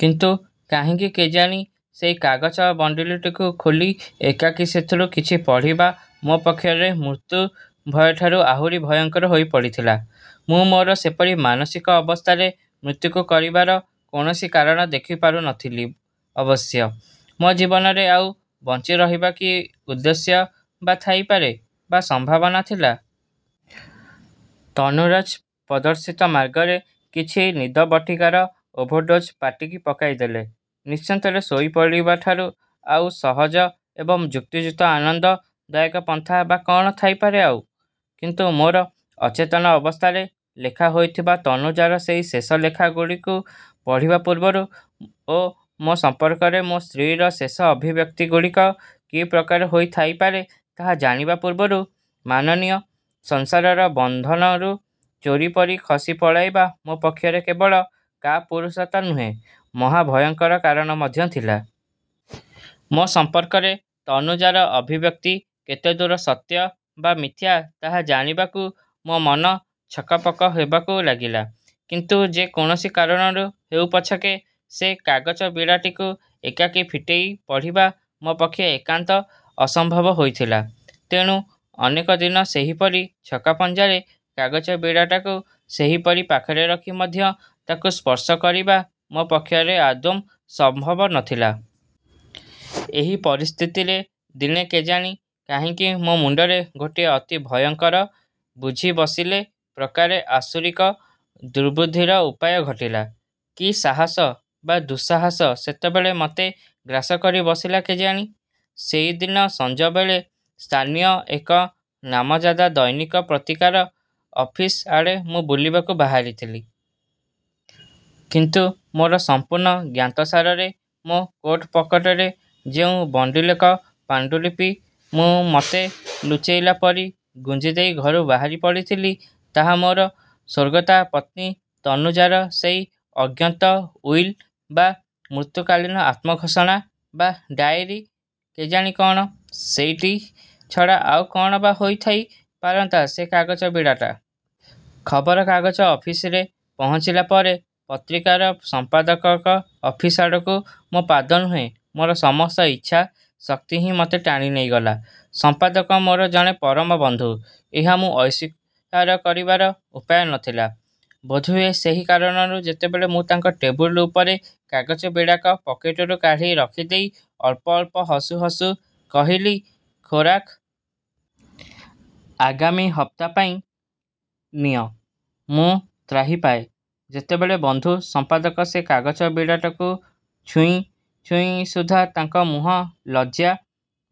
କିନ୍ତୁ କାହିଁକି କେଜାଣି ସେଇ କାଗଜ ବଣ୍ଡିଲଟିକୁ ଖୋଲି ଏକାକୀ ସେଥିରୁ କିଛି ପଢ଼ିବା ମୋ ପକ୍ଷରେ ମୃତ୍ୟୁ ଭୟଠାରୁ ଆହୁରି ଭୟଙ୍କର ହୋଇ ପଡ଼ିଥିଲା। ମୁଁ ମୋର ସେପରି ମାନସିକ ଅବସ୍ଥାରେ ମୃତ୍ୟୁକୁ କରିବାର କୌଣସି କାରଣ ଦେଖିପାରୁ ନ ଥିଲି ଅବଶ୍ୟ। ମୋ ଜୀବନରେ ଆଉ ବଞ୍ଚି ରହିବାର କି ଉଦ୍ଦେଶ୍ୟ ବା ଥାଇପାରେ ବା ସମ୍ଭାବନା ଥିଲା। ତନୁଜାର ପ୍ରଦର୍ଶିତ ମାର୍ଗରେ କିଛି ନିଦ ବଟିକାର ଓଭରଡୋଜ୍ ପାଟିକି ପକେଇଦେଲେ ନିଶ୍ଚିନ୍ତରେ ଶୋଇପଡ଼ିବାଠାରୁ ଆଉ ସହଜ ଏବଂ ଯୁକ୍ତିଯୁକ୍ତ ଆନନ୍ଦ ଦାୟକ ପନ୍ଥା ବା କ'ଣ ଥାଇପାରେ ଆଉ। କିନ୍ତୁ ମୋର ଅଚେତନ ଅବସ୍ଥାରେ ଲେଖା ହୋଇଥିବା ତନୁଜାର ସେଇ ଶେଷ ଲେଖା ଗୁଡ଼ିକୁ ପଢ଼ିବା ପୂର୍ବରୁ ଓ ମୋ ସମ୍ପର୍କରେ ମୋ ସ୍ତ୍ରୀର ଶେଷ ଅଭିବ୍ୟକ୍ତି ଗୁଡ଼ିକ କି ପ୍ରକାର ହୋଇ ଥାଇପାରେ ତାହା ଜାଣିବା ପୂର୍ବରୁ ମାନନୀୟ ସଂସାରର ବନ୍ଧନରୁ ଚୋରି ପରି ଖସି ପଳାଇବା ମୋ ପକ୍ଷରେ କେବଳ କାପୁରୁଷତା ନୁହେଁ ମହାଭୟର କାରଣ ମଧ୍ୟ ଥିଲା। ମୋ ସମ୍ପର୍କରେ ତନୁଜାର ଅଭିବ୍ୟକ୍ତି କେତେଦୂର ସତ୍ୟ ବା ମିଥ୍ୟା ତାହା ଜାଣିବାକୁ ମୋ ମନ ଛକପକ ହେବାକୁ ଲାଗିଲା। କିନ୍ତୁ ଯେ କୌଣସି କାରଣରୁ ହେଉ ପଛକେ ସେ କାଗଜ ବିଡ଼ାଟିକୁ ଏକାକୀ ଫିଟେଇ ପଢ଼ିବା ମୋ ପକ୍ଷେ ଏକାନ୍ତ ଅସମ୍ଭବ ହୋଇଥିଲା। ତେଣୁ ଅନେକ ଦିନ ସେହିପରି ଛକା ପଞ୍ଚାରେ କାଗଜ ବିଡ଼ାଟାକୁ ସେହିପରି ପାଖରେ ରଖି ମଧ୍ୟ ତାହାକୁ ସ୍ପର୍ଶ କରିବା ମୋ ପକ୍ଷରେ ଆଦୌ ସମ୍ଭବ ନଥିଲା। ଏହି ପରିସ୍ଥିତିରେ ଦିନେ କେଜାଣି କାହିଁକି ମୋ ମୁଣ୍ଡରେ ଗୋଟିଏ ଅତି ଭୟଙ୍କର, ବୁଝିବସିଲେ ପ୍ରକାରେ ଆସୁରିକ ଦୁର୍ବୁଦ୍ଧିର ଉଦୟ ଘଟିଲା। କି ସାହସ ବା ଦୁଃସାହସ ସେତେବେଳେ ମତେ ଗ୍ରାସ କରି ବସିଲା କେଜାଣି। ସେଦିନ ସଞ୍ଜବେଳେ ସ୍ଥାନୀୟ ଏକ ନାମଜାଦା ଦୈନିକ ପତ୍ରିକାର ଅଫିସ ଆଡ଼େ ମୁଁ ବୁଲିବାକୁ ବାହାରିଥିଲି। କିନ୍ତୁ ମୋର ସମ୍ପୂର୍ଣ୍ଣ ଜ୍ଞାତସାରରେ ମୋ କୋଟ ପକେଟରେ ଯେଉଁ ବଣ୍ଡିଲକ ପାଣ୍ଡୁଲିପି ମୁଁ ମତେ ଲୁଚେଇଲା ପରି ଗୁଞ୍ଜିଦେଇ ଘରୁ ବାହାରି ପଡ଼ିଥିଲି, ତାହା ମୋର ସ୍ଵର୍ଗତା ପତ୍ନୀ ତନୁଜାର ସେଇ ଅଜ୍ଞତ ଉଇଲ୍ ବା ମୃତ୍ୟୁକାଳୀନ ଆତ୍ମଘୋଷଣା ବା ଡାଏରୀ ବା କେଜାଣି କ'ଣ-ସେଇଟି ଛଡ଼ା ଆଉ କ'ଣ ବା ହୋଇଥାଇ ପାରିଥାନ୍ତା ସେ କାଗଜ ବିଡ଼ାଟା। ଖବର କାଗଜ ଅଫିସରେ ପହଞ୍ଚିଲା ପରେ ପତ୍ରିକାର ସମ୍ପାଦକଙ୍କ ଅଫିସ ଆଡ଼କୁ ମୋ ପାଦ ନୁହେଁ ମୋର ସମସ୍ତ ଇଚ୍ଛା ଶକ୍ତି ହିଁ ମତେ ଟାଣି ନେଇଗଲା। ସମ୍ପାଦକ ମୋର ଜଣେ ପରମ ବନ୍ଧୁ-ଏହା ମୁଁ ଅସ୍ଵୀକାର କରିବାର ଉପାୟ ନ ଥିଲା। ବୋଧହୁଏ ସେହି କାରଣରୁ ଯେତେବେଳେ ମୁଁ ତାଙ୍କ ଟେବୁଲ ଉପରେ କାଗଜବିଡ଼ାକ ପକେଟରୁ କାଢ଼ି ରଖିଦେଇ ଅଳ୍ପ ଅଳ୍ପ ହସୁ ହସୁ କହିଲି-ଖୋରାକ! -ଆଗାମୀ ହପ୍ତା ପାଇଁ। ନିଅ। ମୁଁ ତ୍ରାହି ପାଏଁ। ସେତେବେଳେ ବନ୍ଧୁ ସମ୍ପାଦକ ସେ କାଗଜ ବିଡ଼ାଟାକୁ ଛୁଉଁ ଛୁଉଁ ସୁଦ୍ଧା ତାଙ୍କ ମୁହଁ ଲଜ୍ଜା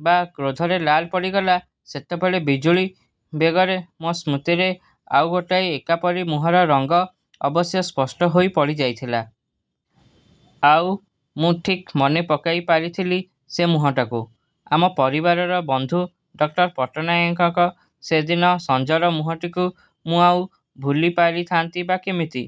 ବା କ୍ରୋଧରେ ଲାଲ ପଡ଼ିଗଲା। ସେତେବେଳେ ବିଜୁଳି ବେଗରେ ମୋ ସ୍ମୃତିରେ ଆଉ ଗୋଟିଏ ଏକାପରି ମୁହଁର ରଙ୍ଗ ଅବଶ୍ୟ ସ୍ପଷ୍ଟ ହୋଇ ପଡ଼ି ଯାଇଥିଲା। ଆଉ, ମୁଁ ଠିକ୍ ମନେ ପକେଇ ପାରିଥିଲି ସେ ମୁହଁଟାକୁ। ଆମ ପରିବାରର ବନ୍ଧୁ ଡଃ ପଟ୍ଟନାୟକଙ୍କ ସେଦିନ ସଞ୍ଜର ମୁହଁଟିକୁ ମୁଁ ଆଉ ଭୁଲିପାରିଥାନ୍ତି ବା କେମିତି?